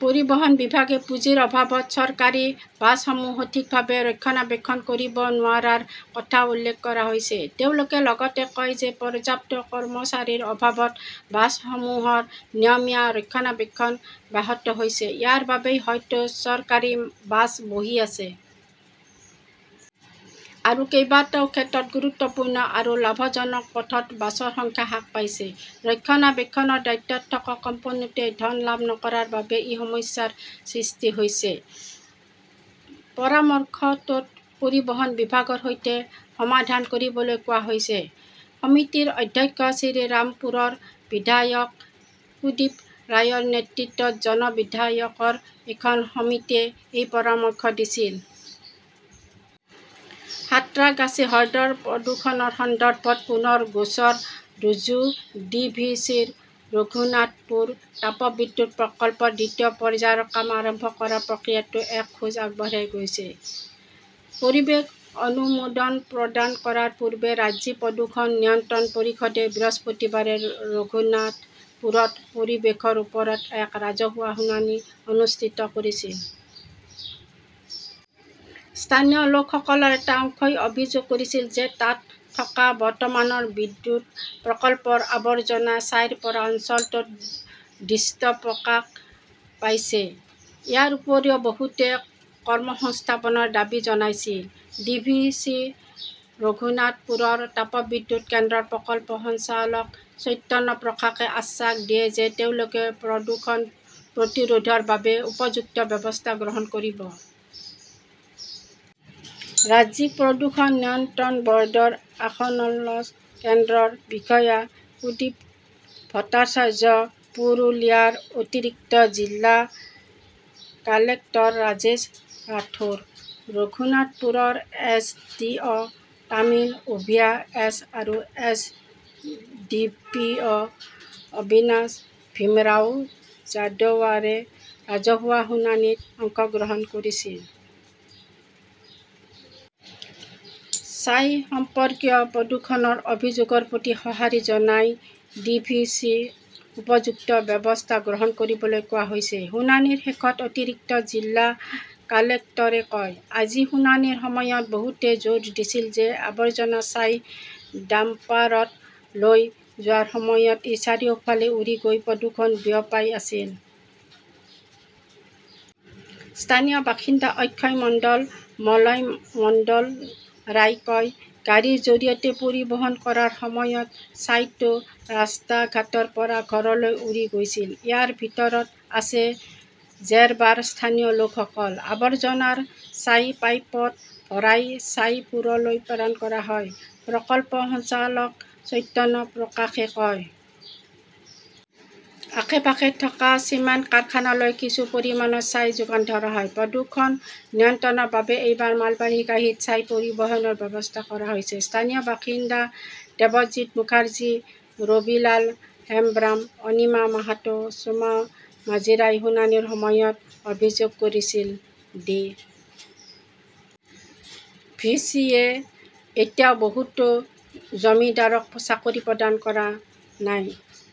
পৰিবহণ বিভাগে পুঁজিৰ অভাৱত চৰকাৰী বাছসমূহ সঠিকভাৱে ৰক্ষণাবেক্ষণ কৰিব নোৱাৰাৰ কথাও উল্লেখ কৰা হৈছে। তেওঁলোকে লগতে কয় যে পৰ্যাপ্ত কৰ্মচাৰীৰ অভাৱত বাছসমূহৰ নিয়মীয়া ৰক্ষণাবেক্ষণ ব্যাহত হৈছে। ইয়াৰ বাবেই বহুতো চৰকাৰী বাছ বহি আছে। আৰু কেইবাটাও ক্ষেত্ৰত গুৰুত্বপূৰ্ণ আৰু লাভজনক পথত বাছৰ সংখ্যা হ্ৰাস পাইছে। ৰক্ষণাবেক্ষণৰ দায়িত্বত থকা কোম্পানীটোৱে ধন লাভ নকৰাৰ বাবেই এই সমস্যাৰ সৃষ্টি হৈছে। পৰামৰ্শটোত পৰিবহণ বিভাগৰ সৈতে সমাধান কৰিবলৈ কোৱা হৈছে। সমিতিৰ অধ্যক্ষ শ্ৰীৰামপুৰৰ বিধায়ক সুদীপ ৰায়ৰ নেতৃত্বত জন বিধায়কৰ এখন সমিতিয়ে এই পৰামৰ্শ দিছিল। সাঁত্ৰাগাছী হ্ৰদৰ প্ৰদূষণৰ সন্দৰ্ভত পুনৰ গোচৰ ৰুজু ডি. ভি. চি. -ৰ ৰঘুনাথপুৰ তাপবিদ্যুৎ প্ৰকল্পৰ দ্বিতীয় পৰ্যায়ৰ কাম আৰম্ভ কৰাৰ প্ৰক্ৰিয়াটো এক খোজ আগুৱাই গৈছে। পৰিৱেশ অনুমোদন প্ৰদান কৰাৰ পূৰ্বে ৰাজ্যিক প্ৰদূষণ নিয়ন্ত্ৰণ পৰিষদে বৃহস্পতিবাৰে ৰঘুনাথপুৰত পৰিৱেশৰ ওপৰত এক ৰাজহুৱা শুনানি অনুষ্ঠিত কৰিছিল। স্থানীয় লোকসকলৰ এটা অংশই অভিযোগ কৰিছিল যে তাত থকা বৰ্তমানৰ বিদ্যুৎ প্ৰকল্পৰ আৱৰ্জনা ছাইৰ পৰা অঞ্চলটোত দৃশ্য প্ৰকাশ পাইছে। ইয়াৰ উপৰিও বহুতে কৰ্মসংস্থাপনৰ দাবী জনাইছিল। ডি. ভি. চি. -ৰ ৰঘুনাথপুৰৰ তাপবিদ্যুৎ কেন্দ্ৰৰ প্ৰকল্প সঞ্চালক চৈতন্য প্ৰকাশে আশ্বাস দিয়ে যে তেওঁলোকে প্ৰদূষণ প্ৰতিৰোধৰ বাবে উপযুক্ত ব্যৱস্থা গ্ৰহণ কৰিব। ৰাজ্যিক প্ৰদূষণ নিয়ন্ত্ৰণ ব "ৰ্ডৰ আসনছ" ল কেন্দ্ৰৰ বিষয়া সুদীপ ভট্টাচাৰ্য, পুৰুলিয়াৰ অতিৰিক্ত জিলা কালেক্টৰ ৰাজেশ ৰাথোৰ, ৰঘুনাথপুৰৰ S. D. O ". Tamil Oviya S. আৰু S. D. P. O". Avinash Bhimrao যাদৱাৰে ৰাজহুৱা শুনানিত অংশগ্ৰহণ কৰিছিল। "ছাই সম্পৰ্কীয় প্ৰদূষণৰ অভিযোগৰ প্ৰতি সঁহাৰি জনাই ডি. ভি. চি. ক উপযুক্ত ব্যৱস্থা গ্ৰহণ কৰিবলৈ কোৱা হৈছে", শুনানিৰ শেষত অতিৰিক্ত জিলা কালেক্টৰে কয়। "আজি শুনানিৰ সময়ত বহুতে জোৰ দিছিল যে আৱৰ্জনা ছাই ডাম্পাৰত লৈ যোৱাৰ সময়ত ই চাৰিওফালে উৰি গৈ প্ৰদূষণ বিয়পাই আছিল। স্থানীয় বাসিন্দা অক্ষয় মণ্ডল, মলয় মণ্ডলৰাই কয়, "গাড়ীৰ জৰিয়তে পৰিবহণ কৰাৰ সময়ত ছাইটো ৰাস্তা-ঘাটৰ পৰা ঘৰলৈ উৰি গৈছিল। ইয়াৰ ভিতৰত আছে জেৰবাৰ স্থানীয় লোকসকল। "আৱৰ্জনাৰ ছাই পাইপত ভৰাই ছাইপুৰলৈ প্ৰেৰণ কৰা হয়", প্ৰকল্প সঞ্চালক চৈতন্য প্ৰকাশে কয়। আশে-পাশে থকা চিমেণ্ট কাৰখানালৈ কিছু পৰিমাণৰ ছাই যোগান ধৰা হয়। প্ৰদূষণ নিয়ন্ত্ৰণৰ বাবে এইবাৰ মালবাহী গাড়ীত ছাই পৰিবহণৰ ব্যৱস্থা কৰা হৈছে। "স্থানীয় বাসিন্দা দেৱজিৎ মুখাৰ্জী, ৰবীলাল হেমব্ৰাম, অনিমা মাহাতো, সোমা মাজিৰাই শুনানিৰ সময়ত অভিযোগ কৰিছিল", ডি. ভি. চি. -য়ে এতিয়াও বহুতো জমিদাৰক চাকৰি প্ৰদান কৰা নাই।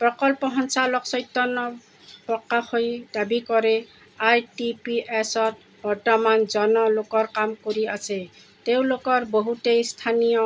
"প্ৰকল্প সঞ্চালক চৈতন্য প্ৰকাশই দাবী কৰে", আৰ. টি. পি. এছ. -ত বৰ্তমান জন লোক কাম কৰি আছে। তেওঁলোকৰ বহুতেই স্থানীয়